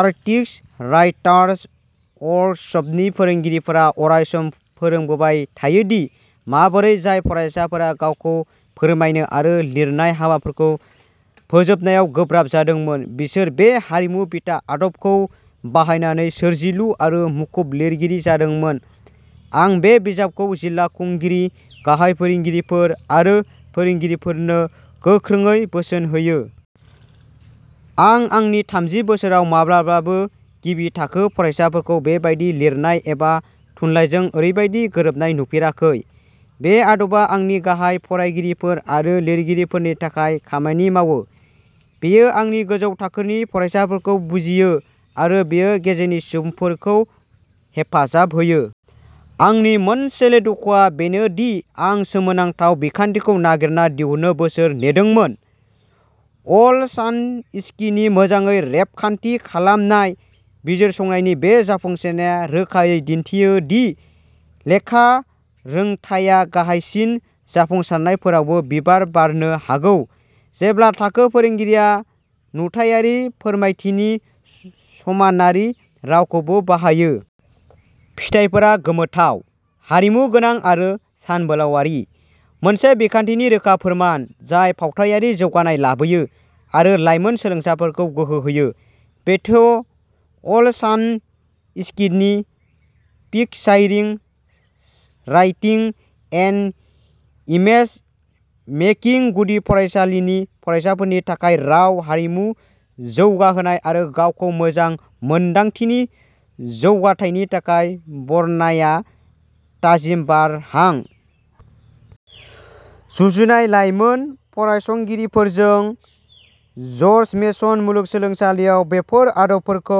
आर्टिस्ट्स/राइटर्स वर्कसपनि फोरोंगिरिफोरा अरायसम फोरमायबाय थायो दि माबोरै जाय फरायसाफोरा गावखौ फोरमायनो आरो लिरनायनि हाबाफोरखौ फोजोबनायाव गोब्राब जादोंमोन, बिसोर बे आरिमु-बिथा आदबखौ बाहायनानै सोरजिलु आरो मुखुब लिरगिरि जादोंमोन। आं बे बिजाबखौ जिल्ला खुंगिरिफोर, गाहाय फोरोंगिरिफोर आरो फोरोंगिरिफोरनो गोख्रोङै बोसोन होयो। आं आंनि थामजि बोसोराव माब्लाबाबो गिबि थाखोनि फरायसाफोरखौ बेबादि लिरनाय एबा थुनलाइजों ओरैबादि गोरोबनाय नुफेराखै। बे आदबा आंनि गाहाय फरायगिरिफोर आरो लिरगिरिफोरनि थाखाय खामानि मावो बेयो आंनि गोजौ थाखोनि फरायसाफोरखौ जुजियो आरो बेयो गेजेरनि सुबुंफोरखौ हेफाजाब होयो। आंनि मोनसेल'दुखुआ बेनो दि आं बे सोमोनांथाव बिखान्थिखौ नागिरना दिहुननो बोसोर नेदोंमोन। अलशानस्किनि मोजाङै रेबगान्थि खालामजानाय बिजिरसंनायनि बे जाफुंसारनाया रोखायै दिन्थियो दि लेखा रोंथाया गाहायसिन जाफुंसारनायफोरावबो बिबार बारनो हागौ जेब्ला थाखो फोरोंगिरिया नुथायारि फोरमायथिनि समानारि रावखौबो बाहायो। फिथायफोरा गोमोथाव, आरिमुगोनां, आरो सानबोलावयारि मोनसे बिखान्थिनि रोखा फोरमान जाय फावथायारि जौगानाय लाबोयो आरो लाइमोन सोलोंसाफोरखौ गोहो होयो! बेथ अलशानस्किनि पिकचारिं राइटिं एन्ड इमेज-मेकिं गुदि फरायसालिनि फरायसाफोरनि थाखाय राव आरिमुखौ जौगाहोनाय आरो गावखौ मोजां मोन्दांथिनि जौगाथायनि थाखाय बरनायनाया थाजिम बारनि हां। जुजिनाय लाइमोन फरायसंगिरिफोरजों जर्ज मेसन मुलुगसोलोंसालियाव बेफोर आदबफोरखौ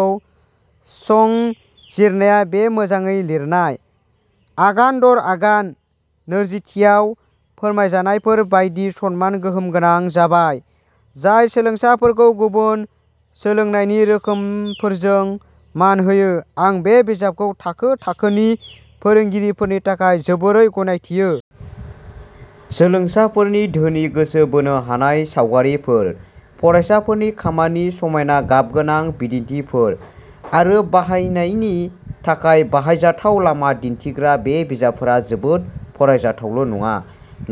संजिरनाया बे मोजाङै लिरजानाय, आगान-दर-आगान नोजोरथियाव फोरमायजानायफोर बायदि समान गोहोम गोनां जाबाय, जाय सोलोंसाफोरखौ गुबुन सोलोंनायनि रोखोमफोरजों मान होयो। आं बे बिजाबखौ थाखो थाखोनि फोरोंगिरिफोरनि थाखाय जोबोरैनो गनायथियो। सोलोंसाफोरनि धोनि, गोसो बोनो हानाय सावगारिफोर, फरायसाफोरनि खामानिनि समायना गाबगोनां बिदिन्थिफोर, आरो बाहायनायनि थाखाय बाहायजाथाव लामा दिन्थिग्रा, बे बिजाबफोरा जोबोद फरायजाथावल'नङा,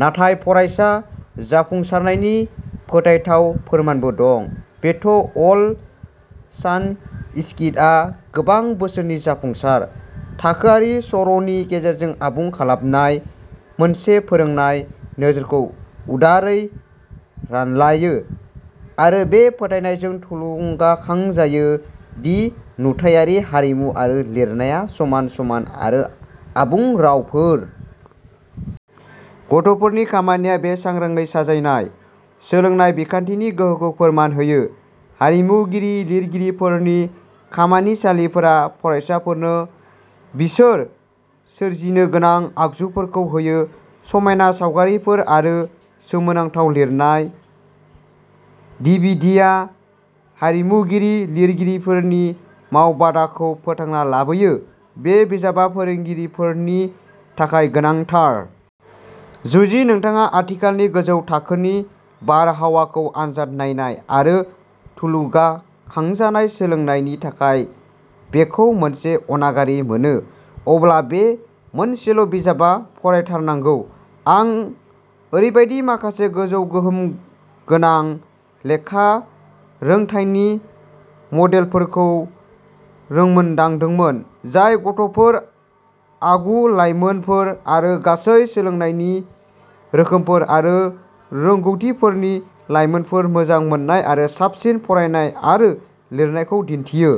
नाथाय फरायसा जाफुंसारनायनि फोथायथाव फोरमानबो दं। बेथ अलशानस्किआ गोबां बोसोरनि जाफुंसार थाखोआरि सर'नि गेजेरजों आबुं खालामजानाय मोनसे फोरोंनाय नोजोरखौ उदारै रानलायो, आरो बे फोथायनायजों थुलुंगाखांजायो दि नुथायारि आरिमु आरो लिरनाया'समान, समान आरो आबुं रावफोर'। गथ'फोरनि खामानिया बे सांग्राङै साजायनाय सोलोंनाय बिखान्थिनि गोहोखौ फोरमान होयो। आरिमुगिरि लिरगिरिफोरनि खामानिसालिफोरा फरायसाफोरनो बिसोर सोरजिनो गोनां आगजुफोरखौ होयो। समायना सावगारिफोर आरो सोमोनांथाव लिरनाय। डिभिडिया आरिमुगिरि लिरगिरिफोरनि मावबादाखौ फोथांना लाबोयो। बे बिजाबआ फोरोंगिरिफोरनि थाखाय गोनांथार। जुदि नोंथांङा आथिखालनि गोजौ थाखोनि बारहावाखौ आनजाद नायनाय आरो थुलुंगाखांजानाय सोलोंनायनि थाखाय बेखौ मोनसे अनागारि मोनो, अब्ला बे मोनसेल'बिजाबआ "फरायथारनांगौ।" आं ओरैबायदि माखासे गोजौ गोहोम गोनां लेखा रोंथायनि मडेलफोरखौ रोंमोनदांदोंमोन, जाय गथ'फोर, आगु-लाइमोनफोर आरो गासै सोलोंनायनि रोखोमफोर आरो रोंग'थिफोरनि लायमोनफोर, मोजां मोननाय आरो साबसिन फरायनाय आरो लिरनायखौ दिन्थियो।